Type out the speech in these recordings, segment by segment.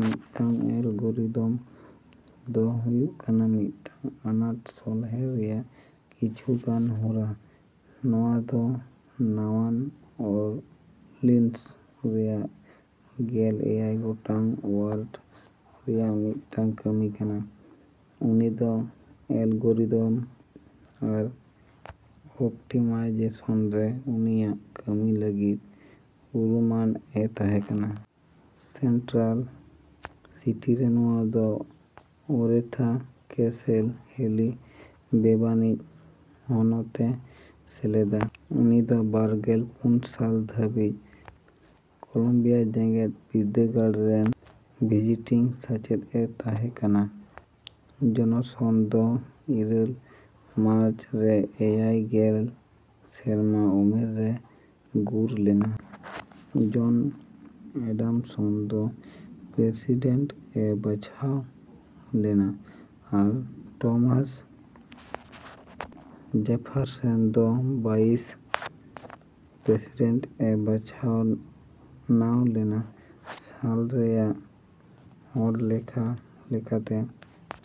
ᱢᱤᱫᱴᱟᱝ ᱮᱞᱜᱚᱨᱤᱫᱚᱢ ᱫᱚ ᱦᱩᱭᱩᱜ ᱠᱟᱱᱟ ᱢᱤᱫᱴᱟᱝ ᱟᱱᱟᱴ ᱥᱚᱞᱦᱮ ᱨᱮᱭᱟᱜ ᱠᱤᱪᱷᱩ ᱜᱟᱱ ᱦᱚᱨᱟ᱾ ᱱᱚᱶᱟ ᱫᱚ ᱱᱟᱣᱟᱱ ᱚᱨᱞᱤᱱᱥ ᱨᱮᱭᱟᱜ ᱜᱮᱞ ᱮᱭᱟᱭ ᱜᱚᱴᱟᱝ ᱳᱣᱟᱨᱰ ᱨᱮᱭᱟᱜ ᱢᱤᱫᱴᱟᱝ ᱠᱟᱹᱢᱤ ᱠᱟᱱᱟ᱾ ᱩᱱᱤ ᱫᱚ ᱮᱞᱜᱚᱨᱤᱫᱚᱢ ᱟᱨ ᱚᱯᱴᱤᱢᱟᱭᱡᱮᱥᱚᱱ ᱨᱮ ᱩᱱᱤᱭᱟᱜ ᱠᱟᱹᱢᱤ ᱞᱟᱹᱜᱤᱫ ᱩᱨᱩᱢᱟᱱᱼᱮ ᱛᱟᱦᱮᱠᱟᱱᱟ᱾ ᱥᱮᱱᱴᱨᱟᱞ ᱥᱤᱴᱤᱨᱮ ᱱᱚᱶᱟ ᱫᱚ ᱳᱨᱮᱛᱷᱟ ᱠᱮᱹᱥᱮᱞ ᱦᱮᱹᱞᱤ ᱵᱮᱵᱟᱹᱱᱤᱡ ᱦᱚᱱᱚᱛᱮ ᱥᱮᱞᱮᱫᱟ᱾ ᱩᱱᱤ ᱫᱚ ᱵᱟᱨᱜᱮᱞ ᱯᱩᱱ ᱥᱟᱞ ᱫᱷᱟᱹᱵᱤᱡ ᱠᱚᱞᱚᱢᱵᱤᱭᱟ ᱡᱮᱜᱮᱫ ᱵᱤᱨᱫᱟᱹᱜᱟᱲ ᱨᱮᱱ ᱵᱷᱤᱡᱤᱴᱤᱝ ᱥᱟᱪᱮᱫᱼᱮ ᱛᱟᱦᱮᱠᱟᱱᱟ᱾ ᱡᱚᱱᱥᱚᱱ ᱫᱚ ᱤᱨᱟᱹᱞ ᱢᱟᱨᱪ, ᱨᱮ ᱮᱭᱟᱭ ᱜᱮᱞ ᱥᱮᱨᱢᱟ ᱩᱢᱮᱨ ᱨᱮᱭ ᱜᱩᱨ ᱞᱮᱱᱟ᱾ ᱡᱚᱱ ᱮᱹᱰᱟᱢᱥᱚᱱ ᱫᱚ ᱯᱨᱮᱥᱤᱰᱮᱱᱴ ᱮ ᱵᱟᱪᱷᱱᱟᱣ ᱞᱮᱱᱟ, ᱟᱨ ᱴᱚᱢᱟᱥ ᱡᱮᱯᱷᱟᱨᱥᱚᱱ ᱫᱚ ᱵᱷᱟᱭᱤᱥ ᱯᱨᱮᱥᱤᱰᱮᱱᱴ ᱮ ᱵᱟᱪᱷᱱᱟᱣ ᱞᱮᱱᱟ᱾ ᱥᱟᱞ ᱨᱮᱭᱟᱜ ᱦᱚᱲᱞᱮᱠᱷᱟ ᱞᱮᱠᱟᱛᱮ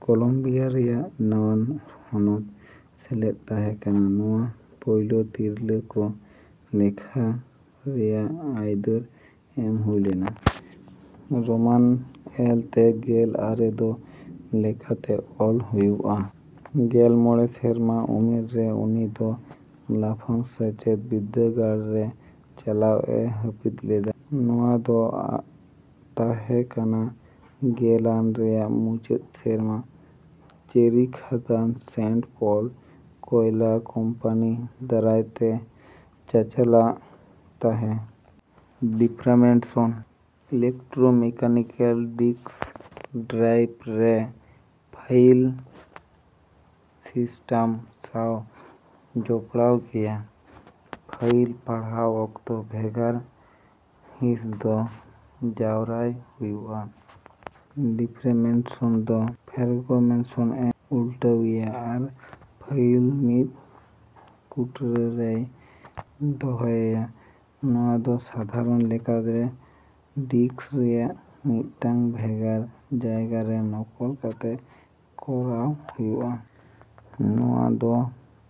ᱠᱚᱞᱚᱢᱵᱤᱭᱟ ᱨᱮᱭᱟᱜ ᱱᱟᱣᱟᱱ ᱦᱚᱱᱚᱛ ᱥᱮᱞᱮᱫ ᱛᱟᱦᱮᱸ ᱠᱟᱱᱟ᱾ ᱱᱚᱶᱟ ᱯᱳᱭᱞᱳ ᱛᱤᱨᱞᱟᱹ ᱠᱚ ᱞᱮᱠᱷᱟ ᱨᱮᱭᱟᱜ ᱟᱹᱭᱫᱟᱹᱨ ᱮᱢ ᱦᱩᱭ ᱞᱮᱱᱟ᱾ ᱨᱳᱢᱟᱱ ᱮᱞ ᱛᱮ ᱜᱮᱞ ᱟᱨᱮ ᱫᱚ ᱞᱮᱠᱟᱛᱮ ᱚᱞ ᱦᱩᱭᱩᱜᱼᱟ᱾ ᱜᱮᱞ ᱢᱚᱬᱮ ᱥᱮᱨᱢᱟ ᱩᱢᱮᱨ ᱨᱮ ᱩᱱᱤ ᱫᱚ ᱞᱟᱯᱷᱟᱝ ᱥᱮᱪᱮᱫ ᱵᱤᱨᱫᱟᱹᱜᱟᱲ ᱨᱮ ᱪᱟᱞᱟᱣᱼᱮ ᱦᱟᱹᱯᱤᱫ ᱞᱮᱫᱟ᱾ ᱱᱚᱶᱟ ᱫᱚ ᱛᱟᱦᱮᱸ ᱠᱟᱱᱟ ᱜᱮᱞᱟᱱ ᱨᱮᱭᱟᱜ ᱢᱩᱪᱟᱹᱫ ᱥᱮᱨᱢᱟ᱾ ᱪᱮᱨᱤ ᱠᱷᱟᱹᱫᱟᱹᱱ ᱥᱮᱱᱴ ᱯᱚᱞ ᱠᱚᱭᱞᱟ ᱠᱳᱢᱯᱟᱱᱤ ᱫᱟᱨᱟᱭᱛᱮ ᱪᱟᱪᱟᱞᱟᱜ ᱛᱟᱦᱮᱸ᱾ ᱰᱤᱯᱷᱨᱟᱢᱮᱱᱥᱚᱱ ᱤᱞᱮᱠᱴᱨᱳᱢᱮᱠᱟᱱᱤᱠᱮᱞ ᱰᱤᱥᱠ ᱰᱨᱟᱭᱤᱵᱷ ᱨᱮ ᱯᱷᱟᱭᱤᱞ ᱥᱤᱥᱴᱟᱢ ᱥᱟᱶ ᱡᱚᱯᱚᱲᱟᱣ ᱜᱮᱭᱟ᱾ ᱯᱷᱟᱭᱤᱞ ᱯᱟᱲᱦᱟᱣ ᱚᱠᱛᱚ, ᱵᱷᱮᱜᱟᱨ ᱦᱤᱸᱥ ᱫᱚ ᱡᱟᱣᱨᱟᱭ ᱦᱩᱭᱩᱜᱼᱟ᱾ ᱰᱤᱯᱷᱨᱮᱜᱢᱮᱱᱴᱮᱥᱚᱱ ᱫᱚ ᱯᱷᱨᱮᱜᱢᱮᱱᱴᱮᱥᱚᱱᱼᱮ ᱩᱞᱴᱟᱹᱣᱤᱭᱟ ᱟᱨ ᱯᱷᱟᱭᱤᱞ ᱢᱤᱫ ᱠᱩᱴᱨᱟᱹ ᱨᱮᱭ ᱫᱚᱦᱚᱭᱤᱭᱟ᱾ ᱱᱚᱣᱟ ᱫᱚ ᱥᱟᱫᱷᱟᱨᱚᱱ ᱞᱮᱠᱟᱛᱮ ᱰᱤᱥᱠ ᱨᱮᱭᱟᱜ ᱢᱤᱫᱴᱟᱝ ᱵᱷᱮᱜᱟᱨ ᱡᱟᱭᱜᱟᱨᱮ ᱱᱚᱠᱚᱞ ᱠᱟᱛᱮᱫ ᱠᱚᱨᱟᱣ ᱦᱩᱭᱩᱜᱼᱟ᱾ ᱱᱚᱣᱟ ᱫᱚ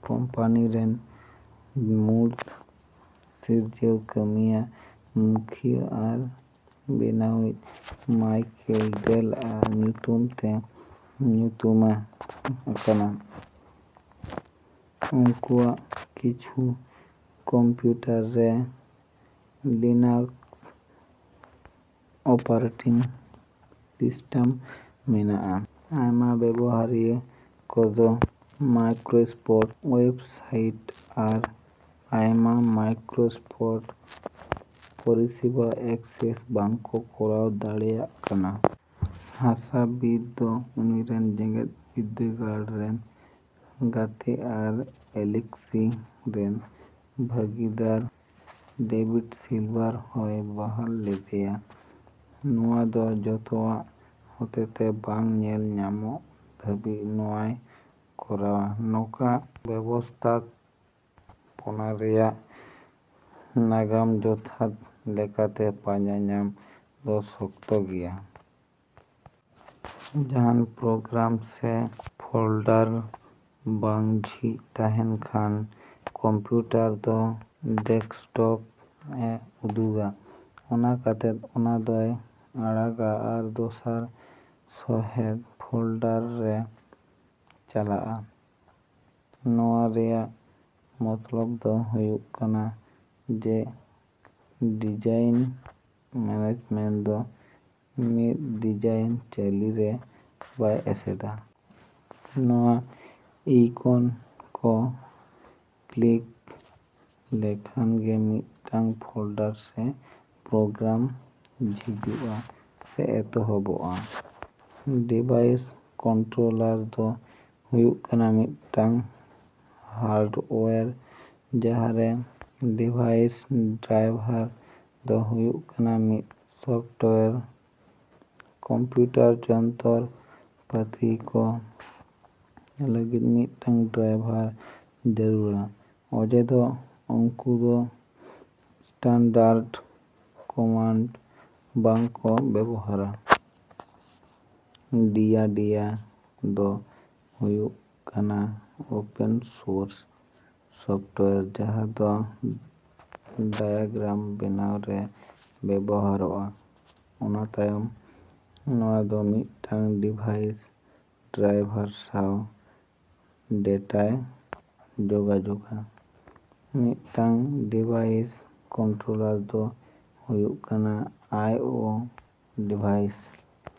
ᱠᱳᱢᱯᱟᱹᱱᱤ ᱨᱮᱱ ᱢᱩᱲᱩᱫ ᱥᱤᱨᱡᱟᱹᱣ ᱠᱟᱹᱢᱤᱭᱟᱹ ᱢᱩᱠᱷᱭᱟᱹ ᱟᱨ ᱵᱮᱱᱟᱣᱤᱡ ᱢᱟᱭᱠᱮᱞ ᱰᱮᱞᱼᱟᱜ ᱧᱩᱛᱩᱢ ᱛᱮ ᱧᱩᱛᱩᱢᱟ ᱟᱠᱟᱱᱟ᱾ ᱩᱝᱠᱩᱣᱟᱜ ᱠᱤᱪᱷᱩ ᱠᱚᱢᱯᱤᱭᱩᱴᱟᱨ ᱨᱮ ᱞᱤᱱᱟᱠᱥ ᱚᱯᱟᱨᱮᱴᱤᱝ ᱥᱤᱥᱴᱟᱢ ᱢᱮᱱᱟᱜᱼᱟ᱾ ᱟᱭᱢᱟ ᱵᱮᱵᱚᱦᱟᱨᱤᱭᱟᱹ ᱠᱚᱫᱚ ᱢᱟᱭᱠᱨᱳᱥᱚᱯᱷᱴ ᱳᱣᱮᱵᱥᱟᱭᱤᱴ ᱟᱨ ᱟᱭᱢᱟ ᱢᱟᱭᱠᱨᱳᱥᱚᱯᱷᱴ ᱯᱚᱨᱤᱥᱮᱵᱟ ᱮᱠᱥᱮᱥ ᱵᱟᱝᱠᱚ ᱠᱚᱨᱟᱣ ᱫᱟᱲᱮᱭᱟᱜ ᱠᱟᱱᱟ᱾ ᱦᱟᱥᱟᱵᱤᱛ ᱫᱚ ᱩᱱᱤᱨᱮᱱ ᱡᱮᱜᱮᱫ ᱵᱤᱨᱫᱟᱹᱜᱟᱲ ᱨᱮᱱ ᱜᱟᱛᱮ ᱟᱨ ᱮᱞᱤᱠᱥᱤ ᱨᱮᱱ ᱵᱷᱟᱹᱜᱤᱫᱟᱨ ᱰᱮᱵᱷᱤᱰ ᱥᱤᱞᱵᱷᱟᱨ ᱦᱚᱸᱭ ᱵᱟᱦᱟᱞ ᱞᱮᱫᱮᱭᱟ᱾ ᱱᱚᱣᱟ ᱫᱚ ᱡᱚᱛᱚᱣᱟᱜ ᱦᱚᱛᱮᱛᱮ ᱵᱟᱝ ᱧᱮᱞ ᱧᱟᱢᱚᱜ ᱫᱷᱟᱹᱵᱤᱡ ᱱᱚᱣᱟᱭ ᱠᱚᱨᱟᱣᱼᱟ᱾ ᱱᱚᱠᱟ ᱵᱮᱵᱚᱥᱛᱷᱟᱯᱚᱱᱟ ᱨᱮᱭᱟᱜ ᱱᱟᱜᱟᱢ ᱡᱚᱛᱷᱟᱛ ᱞᱮᱠᱟᱛᱮ ᱯᱟᱸᱡᱟ ᱧᱟᱢ ᱫᱚ ᱥᱚᱠᱛᱚ ᱜᱮᱭᱟ᱾ ᱡᱟᱦᱟᱱ ᱯᱨᱳᱜᱨᱟᱢ ᱥᱮ ᱯᱷᱳᱞᱰᱟᱨ ᱵᱟᱝ ᱡᱷᱤᱡ ᱛᱟᱦᱮᱱ ᱠᱷᱟᱱ, ᱠᱚᱢᱯᱤᱭᱩᱴᱟᱨ ᱫᱚ ᱰᱮᱥᱠᱴᱚᱯᱼᱮ ᱩᱫᱩᱜᱼᱟ᱾ ᱚᱱᱟ ᱠᱟᱛᱮᱫ ᱚᱱᱟ ᱫᱚᱭ ᱟᱲᱟᱜᱟ ᱟᱨ ᱫᱚᱥᱟᱨ ᱥᱚᱦᱮᱫ ᱯᱷᱳᱞᱰᱟᱨ ᱨᱮ ᱪᱟᱞᱟᱜᱼᱟ᱾ ᱱᱚᱣᱟ ᱨᱮᱭᱟᱜ ᱢᱚᱛᱞᱚᱵ ᱫᱚ ᱦᱩᱭᱩᱜ ᱠᱟᱱᱟ ᱡᱮ ᱰᱤᱡᱟᱭᱤᱱ ᱢᱮᱱᱮᱡᱢᱮᱱᱴ ᱫᱚ ᱢᱤᱫ ᱰᱤᱡᱟᱭᱤᱱ ᱪᱟᱹᱞᱤ ᱨᱮ ᱵᱟᱭ ᱮᱥᱮᱫᱼᱟ᱾ ᱱᱚᱣᱟ ᱤᱭᱠᱚᱱ ᱠᱚ ᱠᱞᱤᱠ ᱞᱮᱠᱷᱟᱱ ᱜᱮ ᱢᱤᱫᱴᱟᱝ ᱯᱷᱳᱞᱰᱟᱨ ᱥᱮ ᱯᱨᱳᱜᱨᱟᱢ ᱡᱷᱤᱡᱩᱜᱼᱟ ᱥᱮ ᱮᱛᱚᱦᱚᱵᱚᱜᱼᱟ᱾ ᱰᱤᱵᱷᱟᱭᱤᱥ ᱠᱚᱱᱴᱨᱳᱞᱟᱨ ᱫᱚ ᱦᱩᱭᱩᱜ ᱠᱟᱱᱟ ᱢᱤᱫᱴᱟᱝ ᱦᱟᱨᱰᱳᱣᱮᱨ ᱡᱟᱦᱟᱨᱮ ᱰᱤᱵᱷᱟᱭᱤᱥ ᱰᱨᱟᱭᱵᱷᱟᱨ ᱫᱚ ᱦᱩᱭᱩᱜ ᱠᱟᱱᱟ ᱢᱤᱫᱴᱟᱝ ᱥᱚᱯᱷᱴᱳᱣᱮᱨ᱾ ᱠᱚᱢᱯᱤᱭᱩᱴᱟᱨ ᱡᱚᱱᱛᱚᱨ ᱯᱟᱹᱛᱤ ᱠᱚ ᱞᱟᱹᱜᱤᱫ ᱢᱤᱫᱴᱟᱝ ᱰᱨᱟᱭᱵᱷᱟᱨ ᱡᱟᱹᱨᱩᱲᱟ ᱚᱡᱮ ᱫᱚ ᱩᱝᱠᱩ ᱫᱚ ᱥᱴᱟᱱᱰᱟᱨᱰ ᱠᱚᱢᱟᱱᱰ ᱵᱟᱝ ᱠᱚ ᱵᱮᱵᱚᱦᱟᱨᱟ᱾ ᱰᱤᱭᱟ ᱰᱤᱭᱟ ᱫᱚ ᱦᱩᱭᱩᱜ ᱠᱟᱱᱟ ᱳᱯᱮᱱ ᱥᱳᱨᱥ ᱥᱚᱯᱷᱴᱳᱣᱮᱨ ᱡᱟᱦᱟ ᱫᱚ ᱰᱟᱭᱟᱜᱨᱟᱢ ᱵᱮᱱᱟᱣ ᱨᱮ ᱵᱮᱵᱚᱦᱟᱨᱚᱜᱼᱟ᱾ ᱚᱱᱟ ᱛᱟᱭᱚᱢ ᱱᱚᱣᱟ ᱫᱚ ᱢᱤᱫᱴᱟᱝ ᱰᱤᱵᱷᱟᱭᱤᱥ ᱰᱨᱟᱭᱵᱷᱟᱨ ᱥᱟᱣ ᱰᱮᱴᱟᱭ ᱡᱳᱜᱟᱡᱳᱜᱼᱟ᱾ ᱢᱤᱫᱴᱟᱝ ᱰᱤᱵᱷᱟᱭᱤᱥ ᱠᱚᱱᱴᱨᱳᱞᱟᱨ ᱫᱚ ᱦᱩᱭᱩᱜ ᱠᱟᱱᱟ ᱟᱭ ᱳ ᱰᱤᱵᱷᱟᱭᱤᱥ᱾